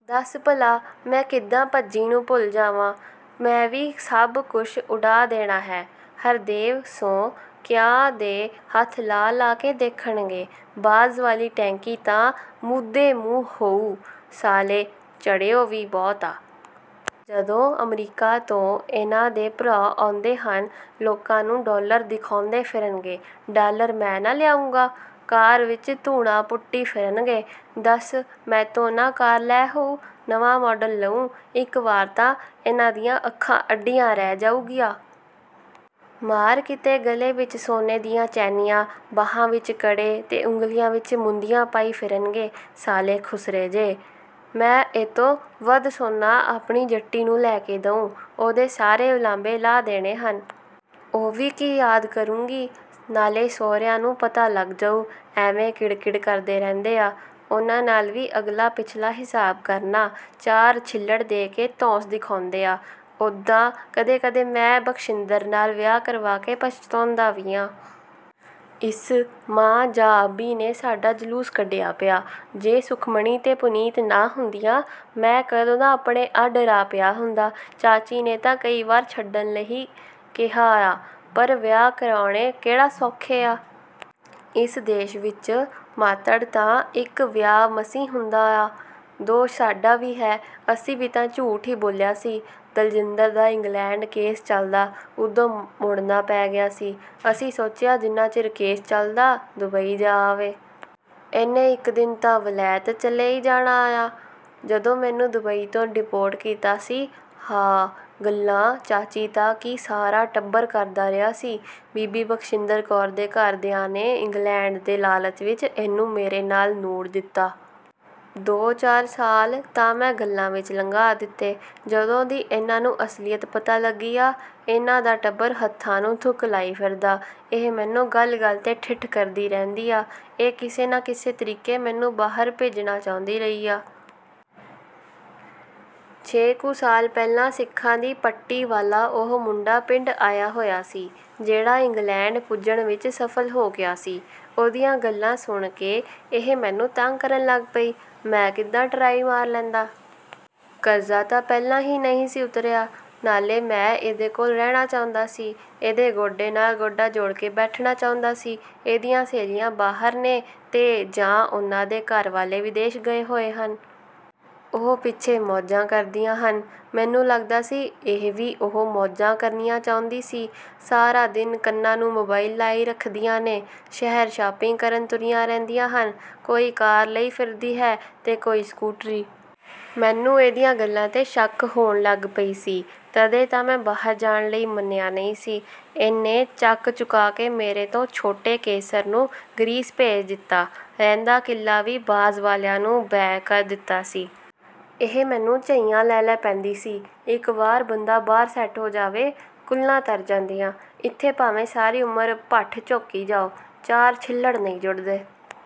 ਦੱਸ ਭਲਾ ਮੈਂ ਕਿੱਦਾਂ ਭੱਜੀ ਨੂੰ ਭੁੱਲ ਜਾਵਾਂ। ਮੈਂ ਵੀ ਸੱਭ ਕੁੱਸ਼ ਉਡਾ ਦੇਣਾ ਹੈ। ਹਰਦੇਵ ਸੁੰਹ ਕਿਆਂ ਦੇ ਹੱਥ ਲਾ-ਲਾ ਕੇ ਦੇਖਣਗੇ। ਬਾਜ਼ ਵਾਲੀ ਟੈਂਕੀ ਤਾਂ ਮੂਧੇ ਮੂੰਹ ਹਊ। ਸਾਲੇ ਚੜਿਓ ਵੀ ਬਹੁਤ ਆ। ਜਦੋਂ ਅਮਰੀਕਾ ਤੋਂ ਇਨ੍ਹਾਂ ਦੇ ਭਰਾ ਆਉਂਦੇ ਹਨ। ਲੋਕਾਂ ਨੂੰ ਡਾਲਰ ਦਿਖੌਂਦੇ ਫ਼ਿਰਨਗੇ। ਡਾਲਰ ਮੈਂ ਨਾ ਲਿਆਉਂਗਾ? ਕਾਰ ਵਿੱਚ ਧੂੜਾਂ ਪੁੱਟੀ ਫਿਰਨਗੇ। ਦੱਸ ਮੈਤੋਂ ਨਾ ਕਾਰ ਲੈ ਹਊ। ਨਵਾਂ ਮਾਡਲ ਲਊਂ। ਇੱਕ ਵਾਰ ਤਾਂ ਇਨ੍ਹਾਂ ਦੀਆਂ ਅੱਖਾਂ ਅੱਡੀਆਂ ਰਹਿ ਜਾਊਗੀਆਂ। ਮਾਰ੍ਹ ਕਿਤੇ ਗਲੇ ਵਿੱਚ ਸੋਨੇ ਦੀਆਂ ਚੈਨੀਆਂ, ਬਾਹਾਂ ਵਿੱਚ ਕੜੇ ਤੇ ਉਂਗਲੀਆਂ ਵਿੱਚ ਮੁੰਦੀਆਂ ਪਾਈ ਫਿਰਨਗੇ। ਸਾਲੇ ਖੁਸਰੇ ਜਿਹੇ।… ਮੈਂ ਇਹਤੋਂ ਵੱਧ ਸੋਨਾ ਆਪਣੀ ਜੱਟੀ ਨੂੰ ਲੈ ਕੇ ਦਊਂ। ਉਹਦੇ ਸਾਰੇ ਉਲਾਂਭੇ ਲਾਹ ਦੇਣੇ ਹਨ। ਉਹ ਵੀ ਕੀ ਯਾਦ ਕਰੂੰਗੀ। ਨਾਲੇ ਸਹੁਰਿਆਂ ਨੂੰ ਪਤਾ ਲੱਗ ਜਾਊ। ਐਵੇਂ ਕਿੜ-ਕਿੜ ਕਰਦੇ ਰਹਿੰਦੇ ਆ। ਉਨ੍ਹਾਂ ਨਾਲ ਵੀ ਅਗਲਾ ਪਿਛਲਾ ਹਿਸਾਬ ਕਰਨਾ। ਚਾਰ ਛਿੱਲੜ ਦੇ ਕੇ ਧੌਂਸ ਦਿਖੌਂਦੇ ਆ। ਉੱਦਾਂ ਕਦੇ-ਕਦੇ ਮੈਂ ਬਖਸ਼ਿੰਦਰ ਨਾਲ ਵਿਆਹ ਕਰਵਾ ਕੇ ਪਛਤੋਂਦਾ ਵੀ ਹਾਂ। ਇਸ ਮਾਂ ਜਾਆਬ੍ਹੀ ਨੇੇ ਸਾਡਾ ਜਲੂਸ ਕੱਢਿਆ ਪਿਆ। ਜੇ ਸੁਖਮਣੀ ਤੇ ਪੁਨੀਤ ਨਾ ਹੁੰਦੀਆਂ। ਮੈਂ ਕਦੋਂ ਦਾ ਆਪਣੇ ਅੱਡ ਰਾਹ ਪਿਆ ਹੁੰਦਾ। ਚਾਚੀ ਨੇ ਤਾਂ ਕਈ ਵਾਰ ਛੱਡਣ ਲਈ ਕਿਹਾ ਆ। ਪਰ ਵਿਆਹ ਕਰਾਉੇਣੇ ਕਿਹੜਾ ਸੌਖੇ ਆ। ਇਸ ਦੇਸ਼ ਵਿੱਚ ਮਾਤ੍ਹੜ ਦਾ ਤਾਂ ਇੱਕ ਵਿਆਹ ਮਸੀਂ ਹੁੰਦਾ ਆ। ਦੋਸ਼ ਸਾਡਾ ਵੀ ਹੈ। ਅਸੀਂ ਵੀ ਤਾਂ ਝੂਠ ਈ ਬੋਲਿਆ ਸੀ। "ਦਲਜਿੰਦਰ ਦਾ ਇੰਗਲੈਂਡ ਕੇਸ ਚਲਦਾ। ਉਦੋਂ ਮੁੜਨਾ ਪੈ ਗਿਆ ਸੀ। ਅਸੀਂ ਸੋਚਿਆ, ਜਿੰਨਾ ਚਿਰ ਕੇਸ ਚਲਦਾ ਦੁਬਈ ਜਾ ਆਵੇ। ਇਹਨੇ ਇੱਕ ਦਿਨ ਤਾਂ ਵਲੈਤ ਚਲੇ ਈ ਜਾਣਾ ਆ। " ਜਦੋਂ ਮੈਨੂੰ ਦੁਬਈ ਤੋਂ ਡਿਪੋਰਟ ਕੀਤਾ ਸੀ। ਹਾਅ ਗੱਲਾਂ ਚਾਚੀ ਤਾਂ ਕੀ ਸਾਰਾ ਟੱਬਰ ਕਰਦਾ ਰਿਹਾ ਸੀ। ਬੀਬੀ ਬਖਸ਼ਿੰਦਰ ਕੌਰ ਦੇ ਘਰ ਦਿਆਂ ਨੇ ਇੰਗਲੈਂਡ ਦੇ ਲਾਲਚ ਵਿਚ ਇਹਨੂੰ ਮੇਰੇ ਨਾਲ ਨੂੜ ਦਿੱਤਾ। ਦੋ-ਚਾਰ ਸਾਲ ਤਾਂ ਮੈਂ ਗੱਲਾਂ ਵਿੱਚ ਲੰਘਾ ਦਿੱਤੇ। ਜਦੋਂ ਦੀ ਇਨ੍ਹਾਂ ਨੂੰ ਅਸਲੀਅਤ ਪਤਾ ਲੱਗੀ ਆ। ਇਨ੍ਹਾਂ ਦਾ ਟੱਬਰ ਹੱਥਾਂ ਨੂੰ ਥੁੱਕ ਲਾਈ ਫਿਰਦਾ। ਇਹ ਮੈਨੂੰ ਗੱਲ-ਗੱਲ 'ਤੇ ਠਿੱਠ ਕਰਦੀ ਰਹਿੰਦੀ ਆ। ਇਹ ਕਿਸੇ ਨਾ ਕਿਸੇ ਤਰੀਕੇ ਮੈਨੂੰ ਬਾਹਰ ਭੇਜਣਾ ਚਾਹੁੰਦੀ ਰਹੀ ਆ। ਛੇ ਕੁ ਸਾਲ ਪਹਿਲਾਂ ਸਿੱਖਾਂ ਦੀ ਪੱਟੀ ਵਾਲਾ ਉਹ ਮੁੰਡਾ ਪਿੰਡ ਆਇਆ ਹੋਇਆ ਸੀ, ਜਿਹੜਾ ਇੰਗਲੈਂਡ ਪੁੱਜਣ ਵਿੱਚ ਸਫ਼ਲ ਹੋ ਗਿਆ ਸੀ। ਉਹਦੀਆਂ ਗੱਲਾਂ ਸੁਣ ਕੇ, ਇਹ ਮੈਨੂੰ ਤੰਗ ਕਰਨ ਲੱਗ ਪਈ। ਮੈਂ ਕਿੱਦਾਂ ਟਰਾਈ ਮਾਰ ਲੈਂਦਾ? ਕਰਜ਼ਾ ਤਾਂ ਪਹਿਲਾਂ ਹੀ ਨਈਂ ਸੀ ਉਤਰਿਆ। ਨਾਲੇ ਮੈਂ ਇਹਦੇ ਕੋਲ ਰਹਿਣਾ ਚਾਹੁੰਦਾ ਸੀ। ਇਹਦੇ ਗੋਡੇ ਨਾਲ ਗੋਡਾ ਜੋੜ ਕੇ ਬੈਠਣਾ ਚਾਹੁੰਦਾ ਸੀ। ਇਹਦੀਆਂ ਸਹੇਲੀਆਂ ਬਾਹਰ ਨੇ ਤੇ ਜਾਂ ਉਨ੍ਹਾਂ ਦੇ ਘਰ ਵਾਲੇ ਵਿਦੇਸ਼ ਗਏ ਹੋਏ ਹਨ। ਉਹ ਪਿੱਛੇ ਮੌਜਾਂ ਕਰਦੀਆਂ ਹਨ। ਮੈਨੂੰ ਲੱਗਦਾ ਸੀ ਇਹ ਵੀ 'ਉਹ' ਮੌਜਾਂ ਕਰਨੀਆਂ ਚਾਹੁੰਦੀ ਸੀ। ਸਾਰਾ ਦਿਨ ਕੰਨਾਂ ਨੂੰ ਮੋਬਾਇਲ ਲਾਈ ਰੱਖਦੀਆਂ ਨੇ। ਸ਼ਹਿਰ ਸ਼ਾਪਿੰਗ ਕਰਨ ਤੁਰੀਆਂ ਰਹਿੰਦੀਆਂ ਹਨ। ਕੋਈ ਕਾਰ ਲਈ ਫਿਰਦੀ ਹੈ ਤੇ ਕੋਈ ਸਕੂਟਰੀ। ਮੈਨੂੰ ਇਹਦੀਆਂ ਗੱਲਾਂ 'ਤੇ ਸ਼ੱਕ ਹੋਣ ਲੱਗ ਪਈ ਸੀ। ਤਦੇ ਤਾਂ ਮੈਂ ਬਾਹਰ ਜਾਣ ਲਈ ਮੰਨਿਆ ਨਈਂ ਸੀ। ਇਹਨੇ ਚੱਕ ਚੁਕਾ ਕੇ ਮੇਰੇ ਤੋਂ ਛੋਟੇ ਕੇਸਰ ਨੂੰ ਗਰੀਸ ਭੇਜ ਦਿੱਤਾ। ਰਹਿੰਦਾ ਕਿੱਲਾ ਵੀ ਬਾਜ਼ ਵਾਲਿਆਂ ਨੂੰ ਬੈਅ ਕਰ ਦਿੱਤਾ ਸੀ। ਇਹ ਮੈਨੂੰ ਝਈਆਂ ਲੈ-ਲੈ ਪੈਂਦੀ ਸੀ। "ਇੱਕ ਵਾਰ ਬੰਦਾ ਬਾਹਰ ਸੈੱਟ ਹੋ ਜਾਵੇ। ਕੁੱਲਾਂ ਤਰ ਜਾਂਦੀਆਂ। ਇੱਥੇ ਭਾਵੇਂ ਸਾਰੀ ਉਮਰ ਭੱਠ ਝੋਕੀ ਜਾਓ, ਚਾਰ ਛਿੱਲੜ੍ਹ ਨਈਂ ਜੁੜਦੇ।